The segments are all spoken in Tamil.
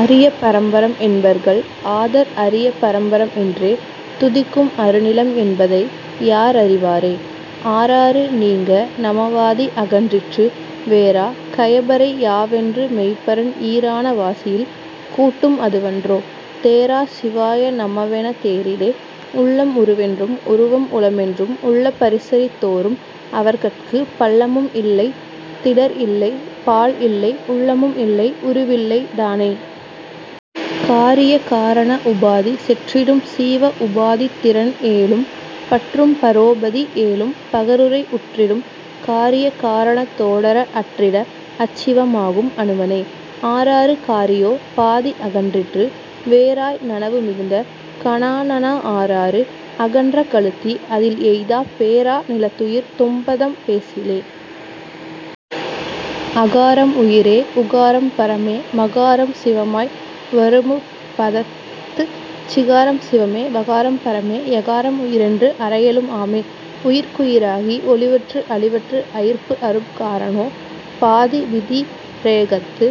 அரிய பரம்பரம் என்பர்கள் ஆதர் அரிய பரம்பரம் என்றே துதிக்கும் அருநிலம் என்பதை யார்அறி வாரே. ஆறாறு நீங்க நமவாதி அகன்றிட்டு வேறா கயபரை யாவென்று மெய்ப்பரன் ஈறான வாசியில் கூட்டும் அதுவன்றோ தேறாச் சிவாய நமவெனத் தேறிலே. உள்ளம் உருவென்றும் உருவம் உளமென்றும் உள்ள பரிசறித் தோரும் அவர்கட்குப் பள்ளமும் இல்லைத் திடர்இல்லை பாழ்இல்லை உள்ளமும் இல்லை உருவில்லை தானே.. காரிய காரண உபாதி செற்றிடும் சீவ உபாதித் திறன்ஏழும் பற்றும் பரோபதி ஏழும் பகருரை உற்றிடும் காரிய காரணத் தோடற அற்றிட அச்சிவ மாகும் அணுவனே. ஆறாறு காரியோ பாதி அகன்றிட்டு வேறாய் நனவு மிகுந்த கனாநனா ஆறாறு அகன்ற கழுத்தி அதில் எய்தாப் பேறா நிலத்துயிர் தும்பதம் பேசிலே. அகாரம் உயிரே உகாரம் பரமே மகாரம் சிவமாய் வருமுப் பதத்துச் சிகாரம் சிவமே வகாரம் பரமே யகாரம் உயிரென்று அறையலும் ஆமே. உயிர்க்குயி ராகி ஒழிவற்று அழிவற்று அயிர்ப்புஅறும் காரணோ பாதி விதிரேகத்து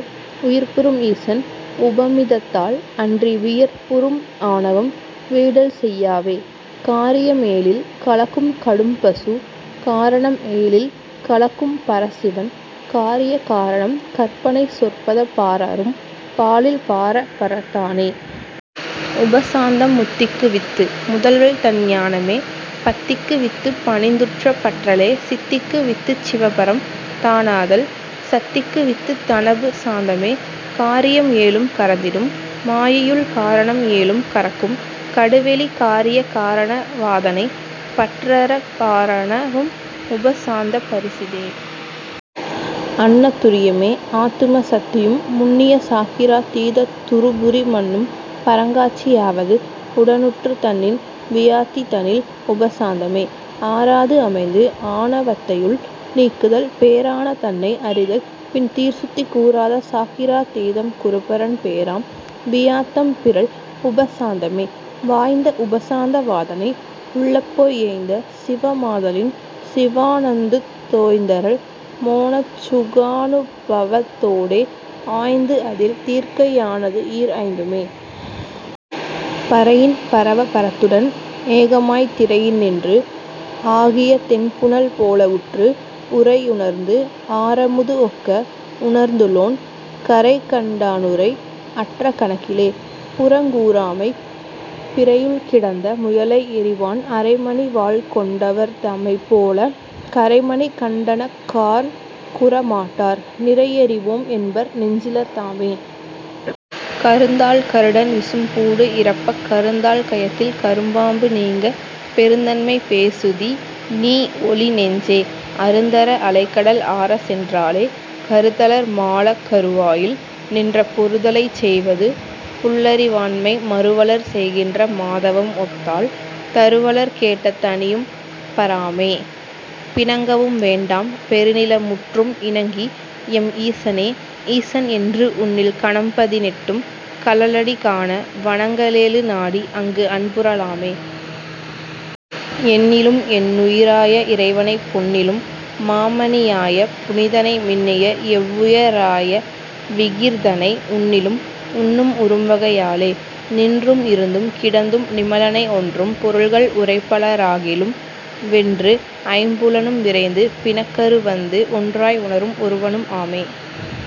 உயிர்ப்புறும் ஈசன் உபமிதத் தால்அன்றி வியர்ப்புறும் ஆணவம் வீடல்செய் யாவே. காரியம் ஏழில் கலக்கும் கடும்பசு காரணம் ஏழில் கலக்கும் பரசிவன் காரிய காரணம் கற்பனை சொற்பதப் பாரறும் பாழில் பராபரத் தானே.. உபசாந்தம் முத்திக்கு வித்து முதல்வன்தன் ஞானமே பத்திக்கு வித்துப் பணிந்துற்றப் பற்றலே சித்திக்கு வித்துச் சிவபரம் தானாதல் சத்திக்கு வித்துத் தனதுப சாந்தமே. காரியம் ஏழும் கரந்திடும் மாயையுள் காரணம் ஏழும் கரக்கும் கடுவெளி காரிய காரண வாதனைப் பற்றறப் பாரண வும் உப சாந்தப் பரிசிதே. அன்ன துரியமே ஆத்தும சுத்தியும் முன்னிய சாக்கிரா தீதத் துறுபுரி மன்னும் பரங்காட்சி யாவது உடனுற்றுத் தன்னின் வியாத்தி தனில்உப சாந்தமே. ஆறாதுஅமைந்துஆண வத்தையுள் நீக்குதல் பேறான தன்னை அறிதல் பின் தீர்சுத்தி கூறாத சாக்கிரா தீதம் குருபரன் பேறாம் வியாத்தம் பிறழ்உப சாந்தமே. வாய்ந்த உபசாந்த வாதனை உள்ளப் போய் ஏய்ந்த சிவமாத லின்சிவா னந்தத்துத் தோய்ந்தறல் மோனச் சுகானுபவத் தோடே ஆய்ந்துஅதில் தீர்க்கை யானதுஈர் ஐந்துமே. பரையின் பரவ பரத்துடன் ஏகமாய்த் திரையின்நின்று ஆகிய தெண்புனல் போலவுற்று உரையுணர்ந்து ஆரமுது ஒக்க உணர்ந்துளோன் கரைகண் டானுரை அற்ற கணக்கிலே.. புறங்கூறாமை பிறையுள் கிடந்த முயலை எறிவான் அறைமணி வாள்கொண் டவர்தமைப் போலக் கறைமணி கண்டனக் காண்குற மாட்டார் நிறையறி வோம்என்பர் நெஞ்சிலர் தாமே. கருந்தாள் கருடன் விசும்பூடு இறப்பக் கருந்தாள் கயத்தில் கரும்பாம்பு நீங்க பெருந்தன்மை பேசுதி நீஒழி நெஞ்சே அருந்தர அலைகடல் ஆறசென் றாலே. கருதலர் மாளக் கருவாயில் நின்ற பொருதலைச் செய்வது புல்லறி வாண்மை மருவலர் செய்கின்ற மாதவம் ஒத்தால் தருவலர் கேட்ட தனியும்ப ராமே. பிணங்கவும் வேண்டாம் பெருநில முற்றும் இணங்கிஎம் ஈசனே ஈசன்என்று உன்னில் கணம்பதி னெட்டும் கழலடி காண வணங்ககெழு நாடி அங்கு அன்புற லாமே. என்னிலும் என்னுயி ராய இறைவனைப் பொன்னிலும் மாமணி யாய புனிதனை மின்னிய எவ்வுய ராய விகிர் தனை உன்னிலும் உன்னும் உறும்வகை யாலே. நின்றும் இருந்தும் கிடந்தும் நிமலனை ஒன்றும் பொருள்கள் உரைப்பல ராகிலும் வென்றுஐம் புலனும் விரைந்து பிணக்கறுவந்து ஒன்றாய் உணரும் ஒருவனும் ஆமே.